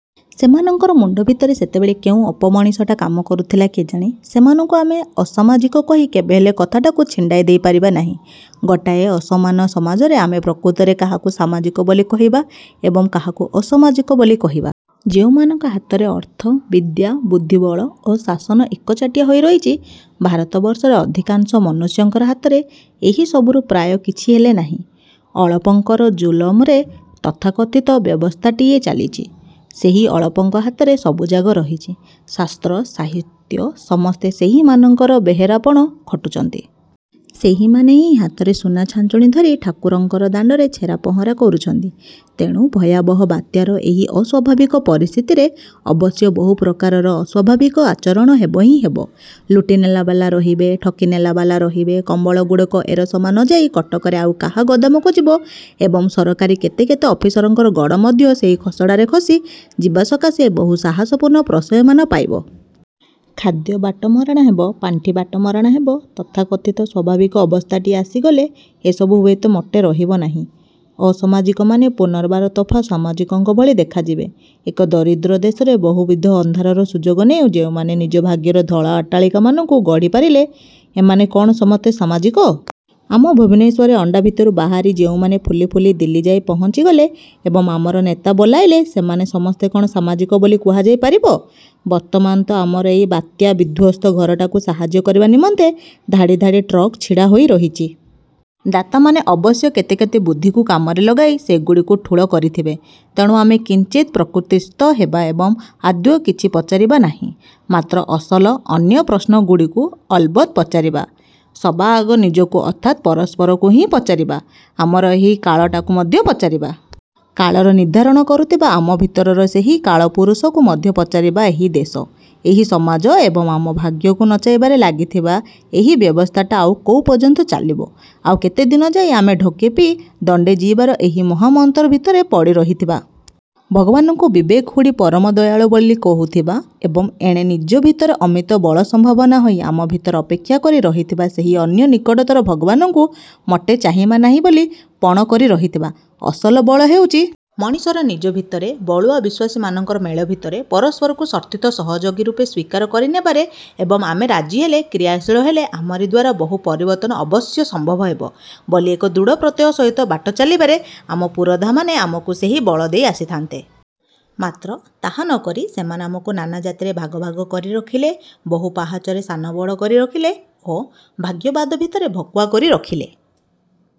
ସେମାନଙ୍କର ମୁଣ୍ଡ ଭିତରେ ସେତେବେଳେ କେଉଁ ଅପମଣିଷଟା କାମ କରୁଥିଲା କେଜାଣି? ସେମାନଙ୍କୁ ଆମେ ଅସାମାଜିକ କହି କେବେହେଲେ କଥାଟାକୁ ଛିଣ୍ଡାଇ ଦେଇ ପାରିବା ନାହିଁ। ଗୋଟାଏ ଅସମାନ ସମାଜରେ ଆମେ ପ୍ରକୃତରେ କାହାକୁ ସାମାଜିକ ବୋଲି କହିବା ଏବଂ କାହାକୁ ଅସାମାଜିକ ବୋଲି କହିବା? ଯେଉଁମାନଙ୍କ ହାତରେ ଅର୍ଥ, ବିଦ୍ୟା, ବୁଦ୍ଧିବଳ ଓ ଶାସନ ଏକଚାଟିଆ ହୋଇ ରହିଛି |ଭାରତବର୍ଷରେ ଅଧିକାଂଶ ମନୁଷ୍ୟଙ୍କର ହାତରେ ଏହିସବୁରୁ ପ୍ରାୟ କିଛିହେଲେ ନାହିଁ। ଅଳପଙ୍କର ଜୁଲମରେ ତଥାକଥିତ ବ୍ୟବସ୍ଥାଟିଏ ଚାଲିଛି। ସେହି ଅଳପଙ୍କ ହାତରେ ସବୁଯାକ ରହିଛି। ଶାସ୍ତ୍ର, ସାହିତ୍ୟ ସମସ୍ତେ ସେହିମାନଙ୍କର ବେହେରାପଣ ଖଟୁଛନ୍ତି। ସେହିମାନେ ହିଁ ହାତରେ ସୁନାଛାଞ୍ଚୁଣି ଧରି ଠାକୁରଙ୍କର ଦାଣ୍ଡରେ ଛେରାପହଁରା କରୁଛନ୍ତି। ତେଣୁ, ଭୟାବହ ବାତ୍ୟାର ଏହି ଅସ୍ୱାଭାବିକ ପରିସ୍ଥିତିରେ, ଅବଶ୍ୟ ବହୁ ପ୍ରକାରର ଅସ୍ୱାଭାବିକ ଆଚରଣ ହେବ ହିଁ ହେବ। ଲୁଟି ନେଲାବାଲା ରହିବେ, ଠକି ନେଲାବାଲା ରହିବେ, କମ୍ବଳଗୁଡ଼ିକ ଏରସମା ନଯାଇ କଟକରେ ଆଉ କାହା ଗୋଦାମକୁ ଯିବ ଏବଂ ସରକାରୀ କେତେ କେତେ ଅଫିସରଙ୍କର ଗୋଡ଼ ମଧ୍ୟ ସେହି ଖସଡ଼ାରେ ଖସି ଯିବା ସକାଶେ ବହୁ ସାହସପୂର୍ଣ୍ଣ ପ୍ରଶ୍ରୟମାନ ପାଇବ। ଖାଦ୍ୟ ବାଟମାରଣା ହେବ, ପାଣ୍ଠି ବାଟମାରଣା ହେବ। ତଥାକଥିତ ସ୍ୱାଭାବିକ ଅବସ୍ଥାଟିଏ ଆସିଗଲେ ଏସବୁ ହୁଏତ ମୋଟେ ରହିବନାହିଁ। ଅସାମାଜିକମାନେ ପୁନର୍ବାର ତୋଫା ସାମାଜିକଙ୍କ ଭଳି ଦେଖାଯିବେ। ଏକ ଦରିଦ୍ର ଦେଶରେ ବହୁବିଧ ଅନ୍ଧାରର ସୁଯୋଗ ନେଇ ଯେଉଁମାନେ ନିଜ ଭାଗ୍ୟର ଧଳା ଅଟ୍ଟାଳିକାମାନଙ୍କୁ ଗଢ଼ି ପାରିଲେ, ଏମାନେ କ'ଣ ସମସ୍ତେ ସାମାଜିକ? ଆମ ଭୁବନେଶ୍ୱରରେ ଅଣ୍ଡା ଭିତରୁ ବାହାରି ଯେଉଁମାନେ ଫୁଲି ଫୁଲି ଦିଲ୍ଲୀଯାଏ ପହଞ୍ଚିଗଲେ ଏବଂ ଆମର ନେତା ବୋଲାଇଲେ, ସେମାନେ ସମସ୍ତେ କ'ଣ ସାମାଜିକ ବୋଲି କୁହାଯାଇ ପାରିବ? ବର୍ତ୍ତମାନ ତ ଆମର ଏହି ବାତ୍ୟାବିଧ୍ୱସ୍ତ ଘରଟାକୁ ସାହାଯ୍ୟ କରିବା ନିମନ୍ତେ, ଧାଡ଼ି ଧାଡ଼ି ଟ୍ରକ୍ ଛିଡ଼ା ହୋଇରହିଛି। ଦାତାମାନେ ଅବଶ୍ୟ କେତେକେତେ ବୁଦ୍ଧିକୁ କାମରେ ଲଗାଇ ସେଗୁଡ଼ିକୁ ଠୁଳ କରିଥିବେ। ତେଣୁ, ଆମେ କିଞ୍ଚିତ୍ ପ୍ରକୃତିସ୍ଥ ହେବା ଏବଂ ଆଦୌ କିଛି ପଚାରିବା ନାହିଁ। ମାତ୍ର, ଅସଲ ଅନ୍ୟ ପ୍ରଶ୍ନଗୁଡ଼ିକୁ ଅଲବତ ପଚାରିବା। ସବା ଆଗ ନିଜକୁ ଅର୍ଥାତ୍ ପରସ୍ପରକୁ ହିଁ ପଚାରିବା। ଆମର ଏହି କାଳଟାକୁ ମଧ୍ୟ ପଚାରିବା। କାଳର ନିର୍ଦ୍ଧାରଣ କରୁଥିବା, ଆମ ଭିତରର ସେହି କାଳପୁରୁଷକୁ ମଧ୍ୟ ପଚାରିବା ଏହି ଦେଶ, ଏହି ସମାଜ ଏବଂ ଆମର ଭାଗ୍ୟକୁ ନଚାଇବାରେ ଲାଗିଥିବା ଏହି ବ୍ୟବସ୍ଥାଟା ଆଉ କୋଉ ପର୍ଯ୍ୟନ୍ତ ଚାଲିବ? ଆଉ କେତେଦିନ ଯାଏ ଆମେ ଢୋକେ ପିଇ, ଦଣ୍ଡେ ଜୀଇବାର ଏହି ମହାମନ୍ତର ଭିତରେ ପଡ଼ି ରହିଥିବା? ଭଗବାନଙ୍କୁ ବିବେକ ହୁଡ଼ି ପରମ ଦୟାଳୁ ବୋଲି କହୁଥିବା ଏବଂ ଏଣେ ନିଜ ଭିତରେ ଅମିତ ବଳସମ୍ଭାବନା ହୋଇ ଆମ ଭିତରେ ଅପେକ୍ଷା କରି ରହିଥିବା ସେହି ଅନ୍ୟ ନିକଟତର ଭଗବାନଙ୍କୁ ମୋଟେ ଚିହିଁବା ନାହିଁ ବୋଲି ପଣ କରି ରହିଥିବା? ଅସଲ ବଳ ହେଉଛି ମଣିଷର ନିଜ ଭିତରେ, ବଳୁଆ ଓ ବିଶ୍ୱାସୀ ମାନଙ୍କର ମେଳ ଭିତରେ, ପରସ୍ପରକୁ ସତୀର୍ଥ ସହଯୋଗୀ ରୂପେ ସ୍ୱୀକାର କରିନେବାରେ ଏବଂ ଆମେ ରାଜି ହେଲେ, କ୍ରିୟାଶୀଳ ହେଲେ ଆମରି ଦ୍ୱାରା ବହୁ ପରିବର୍ତ୍ତନ ଅବଶ୍ୟ ସମ୍ଭବ ହେବ, ବୋଲି ଏକ ଦୃଢ଼ ପ୍ରତ୍ୟୟ ସହିତ ବାଟ ଚାଲିବାରେ, ଆମ ପୁରୋଧାମାନେ ଆମକୁ ସେହି ବଳ ଦେଇ ଆସିଥାନ୍ତେ। ମାତ୍ର, ତାହା ନକରି ସେମାନେ ଆମକୁ ନାନା ଜାତିରେ ଭାଗ ଭାଗ କରି ରଖିଲେ, ବହୁ ପାହାଚରେ ସାନବଡ଼ କରି ରଖିଲେ ଓ ଭାଗ୍ୟବାଦ ଭିତରେ ଭକୁଆ କରି ରଖିଲେ।